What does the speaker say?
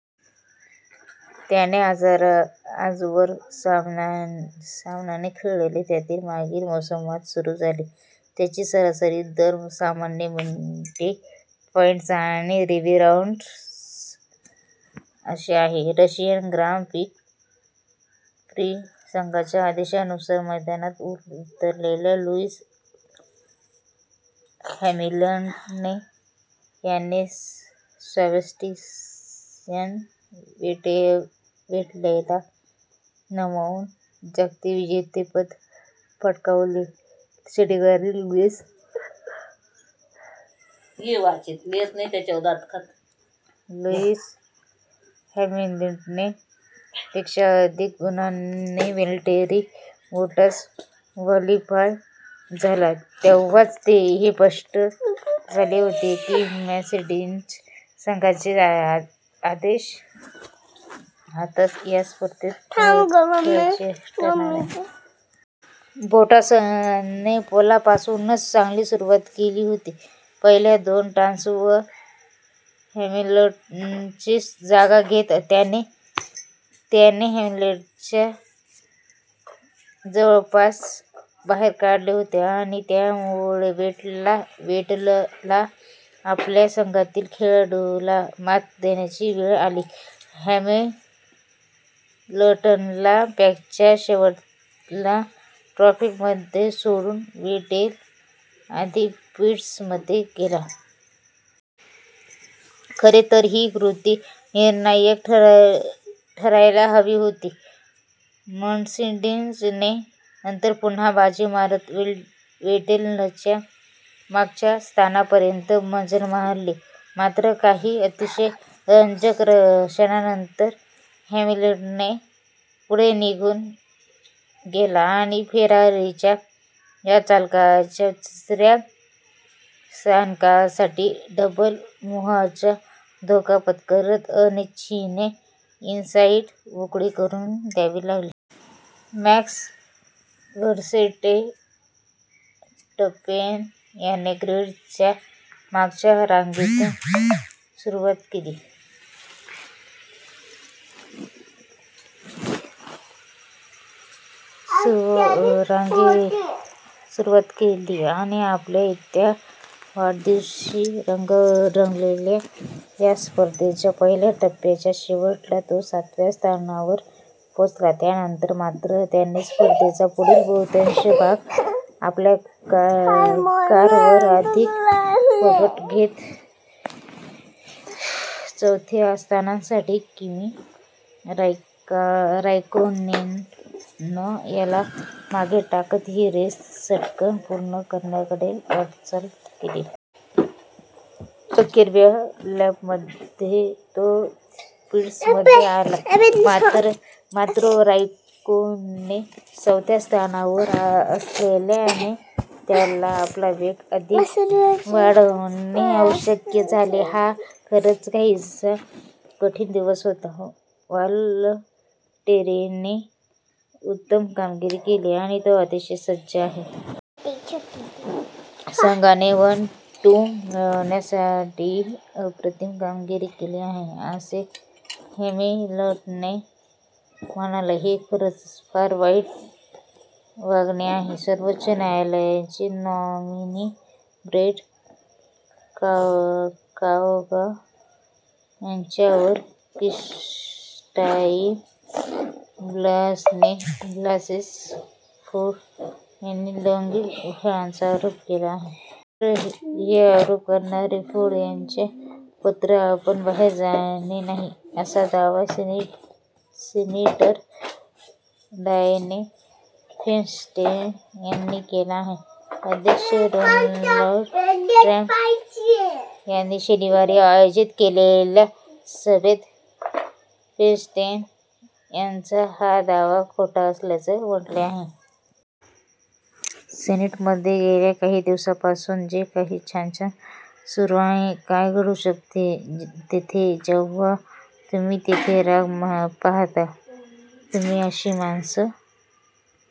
त्याने आजवर सामने खेळले त्यातील मागील मोसमात सुरू झाले. त्याची सरासरी दर सामन्याला मिनिटे, पॉईंट्स आणि रीबाऊंड्स अशी आहे. रशियन ग्रां प्री: संघाच्या आदेशानुसार मैदानात उतरलेल्या लुईस हॅमिलटन योने सबॅस्टियन वेटेलला नमवून जागतिक विजेतेपद पटकावले शनिवारी लुईस हॅमिलटनपेक्षा अधिक गुणांनी वलटेरी बोटास क्वॉलिफाय झाला तेव्हाच हे स्पष्ट झाले होते की मर्सिडीज संघाचे आदेश आता या स्पर्धेत महत्त्वाचे ठरणार आहेत. बोटासने पोलपासूनच चांगली सुरुवात केली होती. पहिल्या दोन टर्न्सवर हॅमिलटनची जागा घेत त्याने हॅमिलटनला जवळपास बाहेर काढले होते आणि त्यामुळे वेटेलला आपल्याच संघातील खेळाडूला मात देण्याची वेळ आली. हॅमिलटनला पॅकच्या शेवटाला ट्रॅफिकमध्ये सोडून वेटेल आधी पिट्समध्ये गेला. खरे तर ही कृती निर्णायक ठरायला हवी होती. मर्सिडीजने नंतर पुन्हा बाजी मारत वेटेलच्या मागच्या स्थानापर्यंत मजल मारली. मात्र, काही अतिशय रंजक क्षणांनंतर हॅमिलटन पुढे निघून गेला आणि फेरारीच्या या चालकाला तिसऱ्या स्थानासाठी डबल मुव्हचा धोका पत्करत अनिच्छेने इनसाइड मोकळी करून द्यावी लागली. मॅक्स वर्सेटॅपेन याने ग्रीडच्या मागच्या रांगेतून सुरुवात केली आणि आपल्या व्या वाढदिवशी रंगलेल्या या स्पर्धेच्या पहिल्या टप्प्याच्या शेवटाला तो सातव्या स्थानावर पोहोचला. त्यानंतर मात्र त्याने स्पर्धेचा पुढील बहुतांश भाग आपल्या कारवर अधिक पकड घेत चौथ्या स्थानासाठी किमी राइकोनेन याला मागे टाकत ही रेस चटकन पूर्ण करण्याकडे वाटचाल केली. अखेर व्या लॅपमध्ये तो पिट्समध्ये आला. मात्र, राइकोनेन चौथ्या स्थानावर असलयाने त्याला आपला वेग अधिक वाढवणे अशक्य झाले. हा खरंच काहीसा कठीण दिवस होता. वालटेरीने उत्तम कामगिरी केली आणि तो अतिशय सज्जन आहे. संघाने वन टू मिळवण्यासाठी अप्रतिम कामगिरी केली आहे, " असे हॅमिलटन म्हणाला. हे खरंच फार वाईट वागणे आहे सर्वोच्च न्यायालयाचे नॉमिनी ब्रेट कावांगॉ यांच्यावर क्रिस्टाइन ब्लासे फोर्ड यांनी लैंगिक छळाचा आरोप केला आहे. मात्र, हे आरोप करणारे फोर्ड यांचे पत्र आपण बाहेर आणले नाही, असा दावा सीनेटर डायने फेनस्टेन यांनी केला आहे. अध्यक्ष डोनाल्ड ट्रम्प यांनी शनिवारी आयोजित केलेल्या सभेत फेनस्टेन यांचा हा दावा खोटा असल्याचे म्हटले आहे. " "सिनेटमध्ये गेल्या काही दिवसांपासून जे काही छान छान सुरू आहे, काय घडू शकते तिथे… जेव्हा तुम्ही तिथे राग पाहता, तुम्ही अशी माणसं